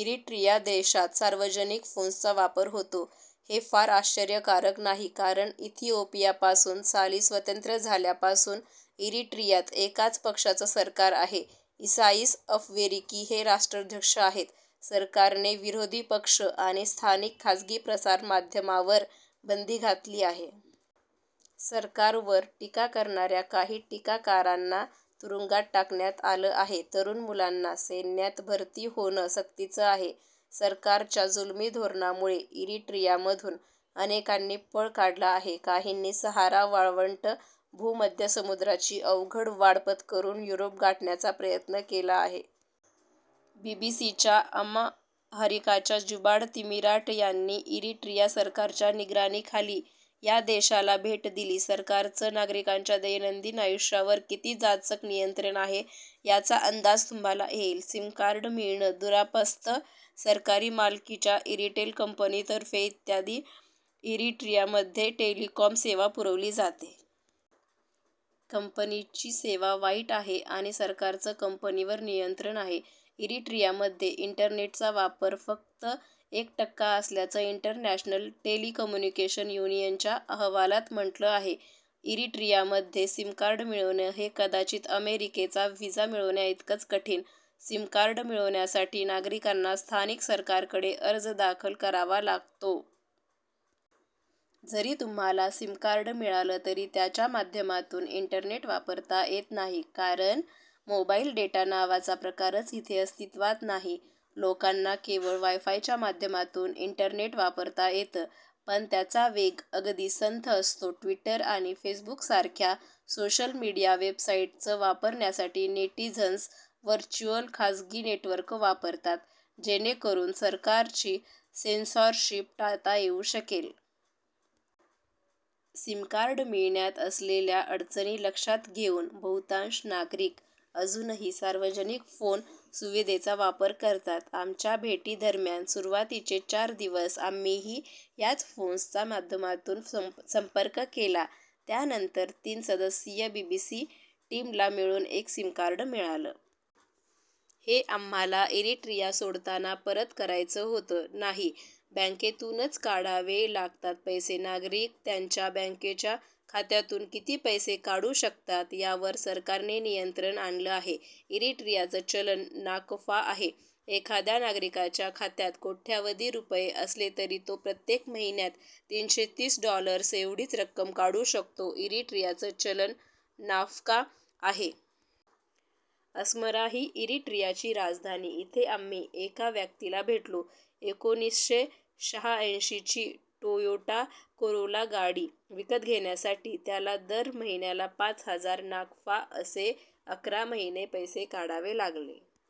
इरिट्रिआ देशात सार्वजनिक फोन्सचा वापर होतो. हे फार आश्चर्यकारक नाही, कारण इथिओपियापासून साली स्वतंत्र झाल्यापासून इरिट्रिआत एकाच पक्षाचं सरकार आहे. इसाईस अफवेरकी हे राष्ट्राध्यक्ष आहेत. सरकारने विरोधी पक्ष आणि स्थानिक खासगी प्रसारमाध्यमांवर बंदी घातली आहे. सरकारवर टीका करणाऱ्या काही टीकाकारांना तुरुंगात टाकण्यात आलं आहे. तरुण मुलांना सैन्यात भरती होणं सक्तीचं आहे. सरकारच्या जुलमी धोरणामुळे इरिट्रिआमधून अनेकांनी पळ काढला आहे. काहींनी सहारा वाळवंट, भूमध्य समुद्राची अवघड वाड पत्करून युरोप गाठण्याचा प्रयत्न केला आहे. बीबीसीच्या अमाहारिकच्या जिबाट तमीराट यांनी इरिट्रिआ सरकारच्या निगराणीखाली या देशाला भेट दिली. सरकारचं नागरिकांच्या दैनंदिन आयुष्यावर किती जाचक नियंत्रण आहे, याचा अंदाज तुम्हाला येईल. सिमकार्ड मिळणं दुरापास्त सरकारी मालकीच्या इरिटेल कंपनीतर्फे इ रिट्रिआमध्ये टेलिकॉम सेवा पुरवली जाते. कंपनीची सेवा वाईट आहे आणि सरकारचं कंपनीवर नियंत्रण आहे. इरिट्रिआमध्ये इंटरनेटचा वापर फक्त एक टक्का असल्याचं इंटरनॅशनल टेलिकम्युनिकेशन युनियनच्या अहवालात म्हटलं आहे. इरिट्रिआमध्ये सिमकार्ड मिळवणं हे कदाचित अमेरिकेचा व्हिजा मिळवण्याइतकंच कठीण. सिमकार्ड मिळवण्यासाठी नागरिकांना स्थानिक सरकारकडे अर्ज दाखल करावा लागतो. जरी तुम्हाला सिमकार्ड मिळालं तरी त्याच्या माध्यमातून इंटरनेट वापरता येत नाही, कारण मोबाईल डेटा नावाचा प्रकारच इथे अस्तित्वात नाही. लोकांना केवळ वायफायच्या माध्यमातून इंटरनेट वापरता येतं, पण त्याचा वेग अगदी संथ असतो. ट्विटर आणि फेसबुकसारख्या सोशल मीडिया वेबसाईट्स वापरण्यासाठी नेटिझन्स व्हर्च्युअल खासगी नेटवर्क वापरतात, जेणेकरून सरकारची सेन्सॉरशिप टाळता येऊ शकेल. सिमकार्ड मिळण्यात असलेल्या अडचणी लक्षात घेऊन, बहुतांश नागरिक अजूनही सार्वजनिक फोन सुविधेचा वापर करतात. आमच्या भेटीदरम्यान सुरुवातीचे चार दिवस आम्हीही याच फोन्सच्या माध्यमातून संपर्क केला. त्यानंतर तीन सदस्यीय बीबीसी टीमला मिळून एक सिमकार्ड मिळालं. हे आम्हाला इरिट्रिआ सोडताना परत करायचं होतं. नाही, बँकेतूनच काढावे लागतात पैसे नागरिक त्यांच्या बँकेच्या खात्यातून किती पैसे काढू शकतात, यावर सरकारने नियंत्रण आणलं आहे. इरिट्रिआचं चलन नाकफा आहे. एखाद्या नागरिकाच्या खात्यात कोट्यवधी रुपये असले तरी तो प्रत्येक महिन्यात तीनशे तीस डॉलर्स एवढीच रक्कम काढू शकतो इरिट्रिआचं चलन नाफका आहे. अस्मारा ही इरिट्रिआची राजधानी. इथे आम्ही एका व्यक्तीला भेटलो. एकोणीसशे शहाऐंशी ची टोयोटा कोरोला गाडी विकत घेण्यासाठी त्याला दर महिन्याला पाच हजार नाकफा, असे अकरा महिने पैसे काढावे लागले